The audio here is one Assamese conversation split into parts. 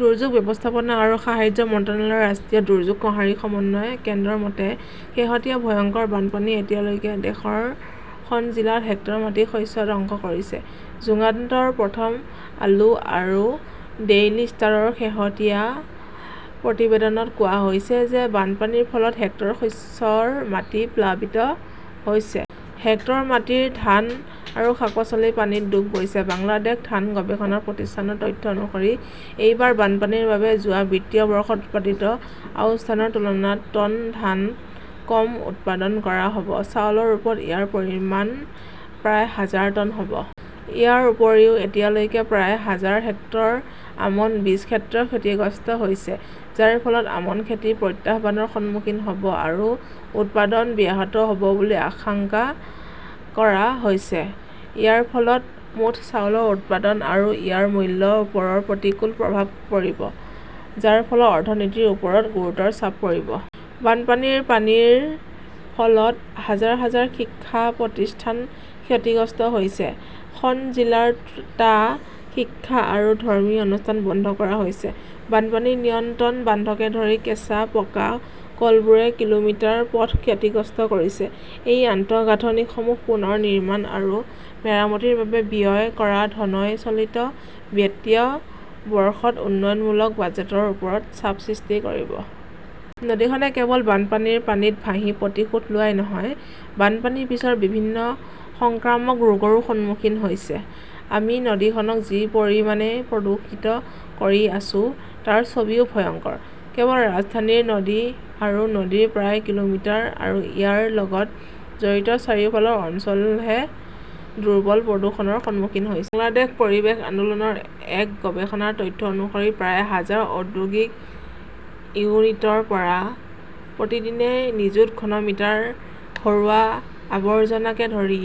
দুৰ্যোগ ব্যৱস্থাপনা আৰু সাহায্য মন্ত্ৰালয়ৰ ৰাষ্ট্ৰীয় দুৰ্যোগ সঁহাৰি সমন্বয় কেন্দ্ৰৰ মতে, শেহতীয়া ভয়ংকৰ বানপানীয়ে এতিয়ালৈকে দেশৰ খন জিলাত হেক্টৰ মাটিৰ শস্য ধ্বংস কৰিছে। যুগান্তৰ, প্ৰথম আলো আৰু ডেইলী ষ্টাৰৰ শেহতীয়া প্ৰতিবেদনত কোৱা হৈছে যে বানপানীৰ ফলত, হেক্টৰ শস্যৰ মাটি প্লাবিত হৈছে।, হেক্টৰ মাটিৰ ধান আৰু শাক-পাচলি পানীত ডুব গৈছে। বাংলাদেশ ধান গৱেষণা প্ৰতিষ্ঠানৰ তথ্য অনুসৰি, এইবাৰ বানপানীৰ বাবে যোৱা বিত্তীয় বৰ্ষত উৎপাদিত আউছ ধানৰ তুলনাত টন ধান কম উৎপাদন কৰা হ 'ব। চাউলৰ ৰূপত ইয়াৰ পৰিমাণ প্ৰায় হাজাৰ টন হ 'ব। ইয়াৰ উপৰিও, এতিয়ালৈকে প্ৰায় হাজাৰ হেক্টৰ আমন বীজ ক্ষেত্ৰ ক্ষতিগ্ৰস্ত হৈছে, যাৰ ফলত আমন খেতি প্ৰত্যাহ্বানৰ সন্মুখীন হ 'ব আৰু উৎপাদন ব্যাহত হ' ব বুলি আশংকা কৰা হৈছে। ইয়াৰ ফলত মুঠ চাউলৰ উৎপাদন আৰু ইয়াৰ মূল্যৰ ওপৰত প্ৰতিকূল প্ৰভাৱ পৰিব, যাৰ ফলত অৰ্থনীতিৰ ওপৰত গুৰুতৰ চাপ পৰিব। বানপানীৰ পানীৰ ফলত হাজাৰ হাজাৰ শিক্ষা প্ৰতিষ্ঠান ক্ষতিগ্ৰস্ত হৈছে। খন জিলাৰ টা শিক্ষা আৰু ধৰ্মীয় প্ৰতিষ্ঠান বন্ধ কৰা হৈছে। বানপানী নিয়ন্ত্ৰণ বান্ধকে ধৰি কেঁচা-পাকা কলবোৰে কিলোমিটাৰ পথ ক্ষতিগ্ৰস্ত কৰিছে। এই আন্তঃগাঁথনিসমূহ পুনৰ নিৰ্মাণ আৰু মেৰামতিৰ বাবে ব্যয় কৰা ধনই চলিত বিত্তীয় বৰ্ষত উন্নয়নমূলক বাজেটৰ ওপৰত চাপ সৃষ্টি কৰিব। নদীখনে কেৱল বানপানীৰ পানীত ভাহি প্ৰতিশোধ লোৱাই নহয়, বানপানীৰ পিছৰ বিভিন্ন সংক্ৰামক ৰোগৰো সন্মুখীন হৈছে। আমি নদীখনক যি পৰিমাণে প্ৰদূষিত কৰি আছো তাৰ ছবিও ভয়ংকৰ। কেৱল ৰাজধানীৰ নদী আৰু নদীৰ প্ৰায় কিলোমিটাৰ আৰু ইয়াৰ লগত জড়িত চাৰিওফালৰ অঞ্চলহে দুৰ্বল প্ৰদূষণৰ সন্মুখীন হৈছে। বাংলাদেশ পৰিৱেশ আন্দোলন ৰ এক গৱেষণাৰ তথ্য অনুসৰি প্ৰায় হাজাৰ ঔদ্যোগিক ইউনিটৰ পৰা প্ৰতিদিনে নিযুত ঘন মিটাৰ ঘৰুৱা আৱৰ্জনাকে ধৰি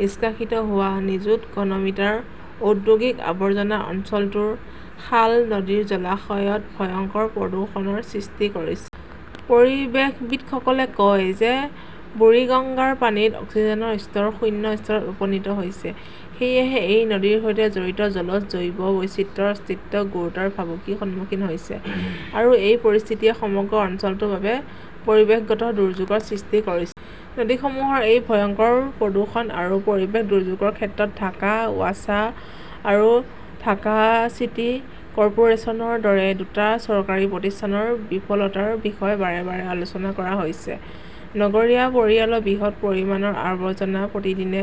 নিষ্কাশিত হোৱা. নিযুত ঘন মিটাৰ ঔদ্যোগিক আৱৰ্জনা অঞ্চলটোৰ খাল-নদী-জলাশয়ত ভয়ংকৰ প্ৰদূষণৰ সৃষ্টি কৰিছে। পৰিৱেশবিদসকলে কয় যে বুৰিগঙ্গাৰ পানীত অক্সিজেনৰ স্তৰ শূন্য স্তৰত উপনীত হৈছে। সেয়েহে এই নদীৰ সৈতে জড়িত জলজ জৈৱ বৈচিত্ৰ্যৰ অস্তিত্ব গুৰুতৰ ভাবুকিৰ সন্মুখীন হৈছে। আৰু এই পৰিস্থিতিয়ে সমগ্ৰ অঞ্চলটোৰ বাবে পৰিৱেশগত দুৰ্যোগৰ সৃষ্টি কৰিছে। নদীসমূহৰ এই ভয়ংকৰ প্ৰদূষণ আৰু পৰিৱেশ দুৰ্যোগৰ ক্ষেত্ৰত ঢাকা ৱাছা আৰু ঢাকা চিটি কৰ্পোৰেচনৰ দৰে দুটা চৰকাৰী প্ৰতিষ্ঠানৰ বিফলতাৰ বিষয়ে বাৰে বাৰে আলোচনা কৰা হৈছে। নগৰীয়া পৰিয়ালৰ বৃহৎ পৰিমাণৰ আৱৰ্জনা প্ৰতিদিনে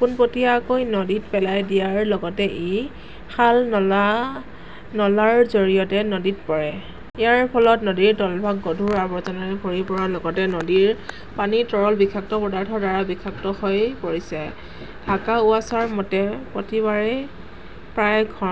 পোনপটীয়াকৈ নদীত পেলাই দিয়াৰ লগতে ই খাল-নলা-নলাৰ জৰিয়তে নদীত পৰে। ইয়াৰ ফলত নদীৰ তলভাগ গধুৰ আৱৰ্জনাৰে ভৰি পৰাৰ লগতে নদীৰ পানী তৰল বিষাক্ত পদাৰ্থৰ দ্বাৰা বিষাক্ত হৈ পৰিছে। ঢাকা ৱাছাৰ মতে, প্ৰতিবাৰে প্ৰায় ঘন